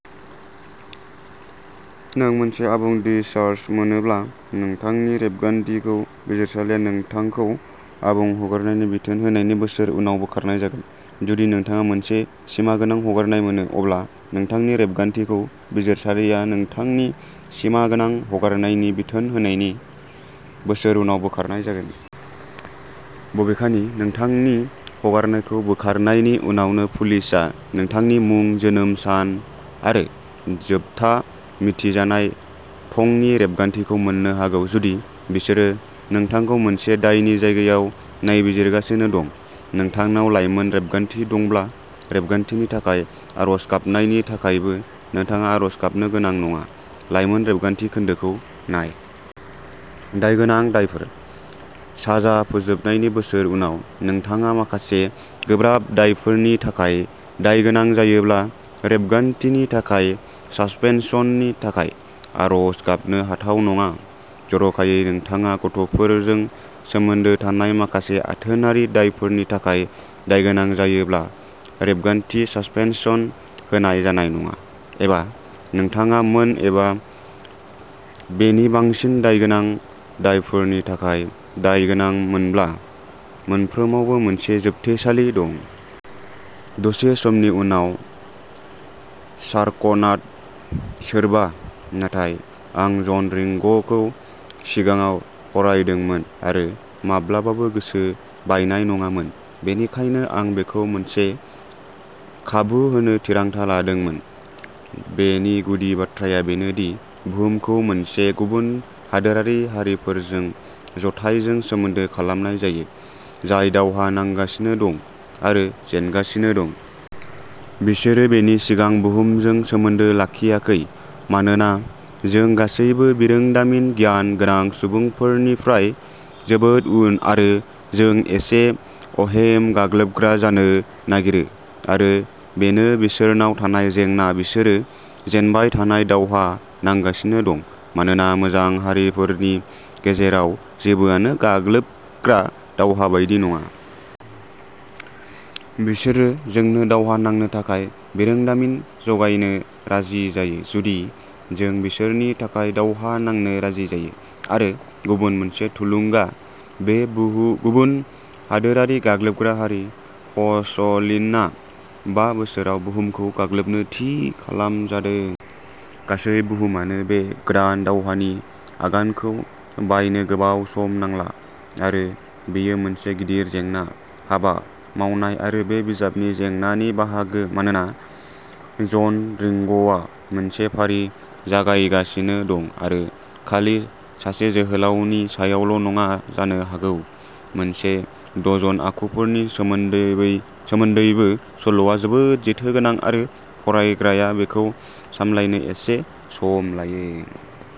नों मोनसे आबुं डिसचार्ज मोनोब्ला, नोंथांनि रेबगान्थिखौ बिजिरसालिया नोंथांखौ आबुं हगारनायनि बिथोन होनायनि बोसोर उनाव बोखारनाय जागोन। जुदि नोंथाङा मोनसे सिमागोनां हगारनाय मोनो, अब्ला नोंथांनि रेबगान्थिखौ बिजिरसालिया नोंथांनि सिमागोनां हगारनायनि बिथोन होनायनि बोसोर उनाव बोखारनाय जागोन। बबेखानि, खेबसे नोंथांनि हगारनायखौ बोखारनायनि उनावबो, पुलिसआ नोंथांनि मुं, जोनोम सान आरो जोबथा मिथिजानाय थंनि रेबगान्थिखौ मोन्नो हागौ जुदि बिसोरो नोंथांखौ मोनसे दायनि जायगायाव नायबिजिरगासिनो दं। नोंथांनाव लाइमोन रेबगान्थि दंब्ला रेबगान्थिनि थाखाय आर'ज गाबनायनि थाखायबो नोंथाङा आर'ज गाबनो गोनां नङा, लाइमोन रेबगान्थि खोन्दोखौ नाय। दायगोनां दायफोरः साजा फोजोबनायनि बोसोर उनाव। नोंथाङा माखासे गोब्राब दायफोरनि थाखाय दायगोनां जायोब्ला रेबगान्थिनि थाखाय सासपेनसननि थाखाय आर'ज गाबनो हाथाव नङा। जर'खायै, नोंथाङा गथ'फोरजों सोमोन्दो थानाय माखासे आथोनारि दायफोरनि थाखाय दायगोनां जायोब्ला रेबगान्थि सासपेनसन होनाय जानाय नङा, एबा नोंथाङा मोन एबा बेनि बांसिन दायगोनां दायफोरनि थाखाय दायगोनां मोनब्ला, मोनफ्रोमावबो मोनसे जोबथेसालि दं। दसे समनि उनाव। शार्कनाड ', सोरबा? नाथाय आं जन रिंग'खौ सिगाङाव फरायदोंमोन, आरो माब्लाबाबो गोसो बायनाय नङामोन, बेनिखायनो आं बेखौ मोनसे खाबु होनो थिरांथा लादोंमोन। बेनि गुदि बाथ्राया बेनो दि बुहुमखौ मोनसे गुबुन हादोरारि हारिफोरनि जथायजों सोमोन्दो खालामनाय जायो जाय दावहा नांगासिनो दं आरो जेनगासिनो दं। बिसोरो बेनि सिगां बुहुमजों सोमोन्दो लाखियाखै मानोना जों गासैबो बिरोंदामिन गियान गोनां सुबुंफोरनिफ्राय जोबोद उन, आरो जों एसे, अहेम, गाग्लोबग्रा जानो नागिरो। आरो बेनो बिसोरनाव थानाय जेंना। बिसोरो जेनबाय थानाय दावहा नांगासिनो दं मानोना मोजां हारिफोरनि गेजेराव जेबोआनो गाग्लोबग्रा-दावहा बायदि नङा। बिसोरो जोंनो दावहा नांनो थाखाय बिरोंदामिन जगायनो राजि जायो जुदि जों बिसोरनि थाखाय दावहा नांनो राजि जायो। आरो गुबुन मोनसे थुलुंगा? बे गुबुन हादोरारि गाग्लोबग्रा हारि, पसलिनआ, बा बोसोराव बुहुमखौ गाग्लोबनो थि खालामजादों। गासै बुहुमानो बे गोदान दावहानि आगानखौ बायनो गोबाव सम नांला। आरो बेयो मोनसे गिदिर जेंना। हाबा मावनाय। आरो बे बिजाबनि जेंनानि बाहागो। मानोना जन रिंग'आ मोनसे फारि जागायगासिनो दं आरो खालि सासे जोहोलावनि सायावल'नङा, जानो हागौ मोनसे डजन आखुफोरनि सोमोन्दैबो, सल'आ जोबोद जेथोगोनां आरो फरायग्राया बेखौ सामलायनो एसे सम लायो।